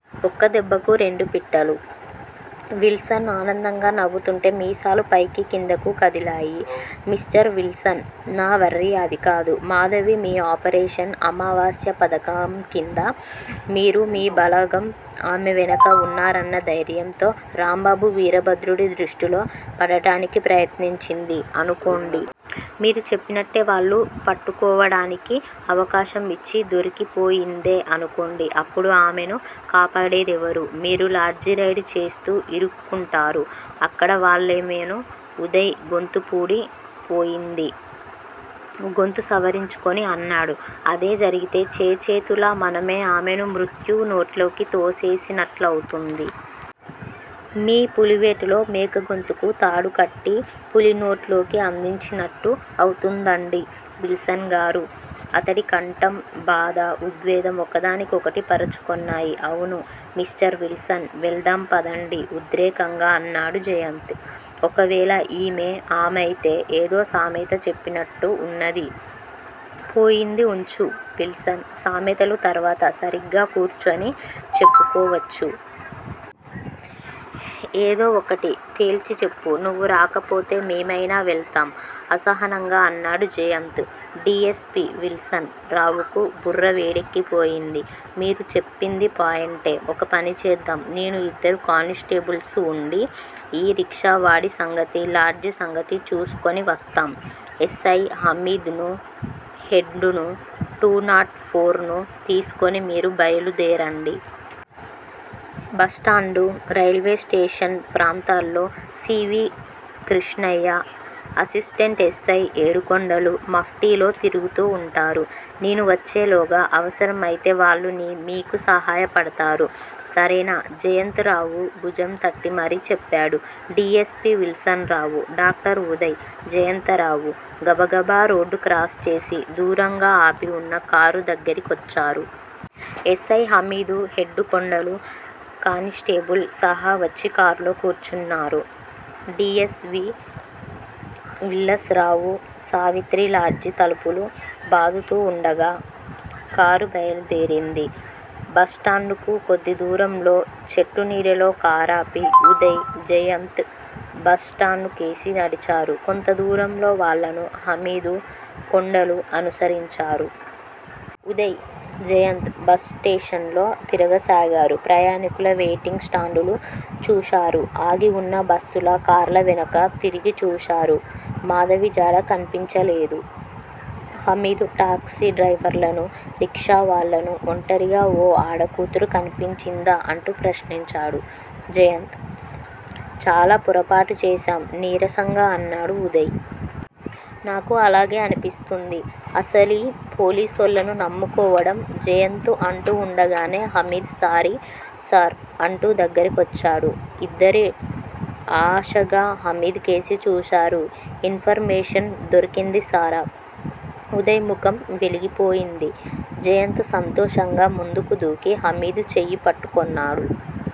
ఒక్క దెబ్బకు రెండు పిట్టలు విల్సన్ ఆనందంగా నవ్వుతుంటే మీసాలు పైకీ కిందకూ కదిలాయి. Mister Wilson. నా వర్రీ అదికాదు. మాధవి మీ ఆపరేషన్ అమావాస్య పథకంకింద మీరు మీ బలగం ఆమె వెనకే, ఉన్నారన్న ధైర్యంతో, రాంబాబు వీరభద్రుడి దృష్టిలో పడడానికి ప్రయత్నించింది అనుకోండి! మీరు చెప్పినట్టే వాళ్ళు పట్టుకోవడానికి అవకాశం ఇచ్చి దొరికిపోయిందే అనుకోండి అప్పుడు ఆమెను కాపాడేదెవరూ? మీరు లాడ్జి రైడ్ చేస్తూ ఇక్కడుంటారు. అక్కడ వాళ్ళామెను ఉదయ్ గొంతు పూడి పోయింది. గొంతు సవరించుకొని అన్నాడు అదే జరిగితే చేచేతులా మనమే ఆమెను మృత్యువు నోట్లోకి తోసినట్లవుతుంది. మీ పులివేటలో మేకగొంతుకు తాడుకట్టి పులినోట్లోకి అందించినట్టు అవుతుందండి విల్సన్ గారూ? అతడి కంఠం బాధా, ఉద్వేగం ఒకదాన్నొకటి పరుచుకొన్నాయి. అవును! మిస్టర్ విల్సన్ వెళ్దాం పదండి ఉద్రేకంగా అన్నాడు జయంత్. ఒకవేళ ఈమే ఆమైతే, ఏదో సామెత చెప్పినట్టు ఉన్నదీ పోయింది ఉంచు విల్సన్ సామెతలు తర్వాత తీరిగ్గా కూర్చొని చెప్పుకోవచ్చు. ఏదో ఒకటి తెల్చిచెప్పు. నువ్వు రాకపోతే మేమైనా వెళ్తాం అసహనంగా అన్నాడు Jayant. D. S. P. Wilson రావుకు బుర్రవేడెక్కిపోయింది. మీరు చెప్పిందీ పాయింటే. ఒకపని చేద్దాం. నేను, ఇద్దరు కాని స్టేబుల్సూ వుండి, ఈ రిక్షావాడి సంగతీ, లాడ్జి సంగతి చూసుకొనివస్తాం. ఎస్సై హామీద్ నూ, హెడ్ నూ, టూనాట్ ఫోర్ నూ తీసుకొని మీరు బయలుదేరండి. బస్ స్టాండూ, రైల్వే స్టేషన్ ప్రాంతాల్లో సి. ఐ. కృష్ణయ్యా, అసిస్టెంట్ ఎస్సై ఏడుకొండలూ మఫ్టిలో తిరుగుతూ వుంటారు. నేను వచ్చేలోగా అవసరం అయితే వాళ్ళు మీకు సహాయపడ్తారు. సరేనా? జయంత్ రావు భుజంతట్టి మరీ చెప్పాడు D. S. P. Wilson Rao. Doctor Uday, Jayantha Rao, గబగబారోడ్డు క్రాస్ చేసి దూరంగా ఆపివున్న కారు దగ్గిరకొచ్చారు. ఎస్సై హమీదూ, హెడ్డు కొండలూ, కానిస్టేబుల్ సహవచ్చి కార్లో కూర్చున్నారు. D. S. P Wilson Rao, సావిత్రిలాడ్జి తలుపులు బాడుతూవుండగా కారు బయలుదేరింది. బస్ స్టాండు కు కొద్దిదూరంలో చెట్టునీడలో కారాపి, ఉదయ్, జయంత్ బస్ స్టాండు కేసి నడిచారు. కొంతదూరంలో వాళ్ళను హమీదూ, కొండలూ అనుసరించారు. ఉదయ్, జయంత్, బస్ స్టేషన్ లో తిరగసాగారు. ప్రయాణీకుల వైటింగ్ స్టాండులు చూశారు. ఆగివున్న బస్సుల, కార్ల వెనక తిరిగిచూశారు. మాధవిజాడ కన్పించలేదు. హమీద్ టాక్సీ డ్రైవర్లనూ, రిక్షావాళ్ళానూ, ఒంటరిగా ఓ ఆడకూతురు కన్పించిందా అంటూ ప్రశ్నించాడు. జయంత్! చాలా పొరపాటు చేశాం నీరసంగా అన్నాడు ఉదయ్. నాకూ అలాగే అన్పిస్తుంది. అసలీ పోలీసోళ్ళను నమ్ముకోవడం జయంత్ అంటూ ఉండగానే హమీద్ సారీ! సార్ అంటూ దగ్గర కొచ్చాడు. ఇద్దరూ ఆశగా హమీద్ కేసి చూశారు. ఇన్ ఫర్ మేషన్ దొరికింది సార. ఉదయ్ ముఖం వెలిగిపోయింది. జయంత్ సంతోషంగా ముందుకు దూకి హమీద్ చెయ్యిపట్టుకొన్నాడు.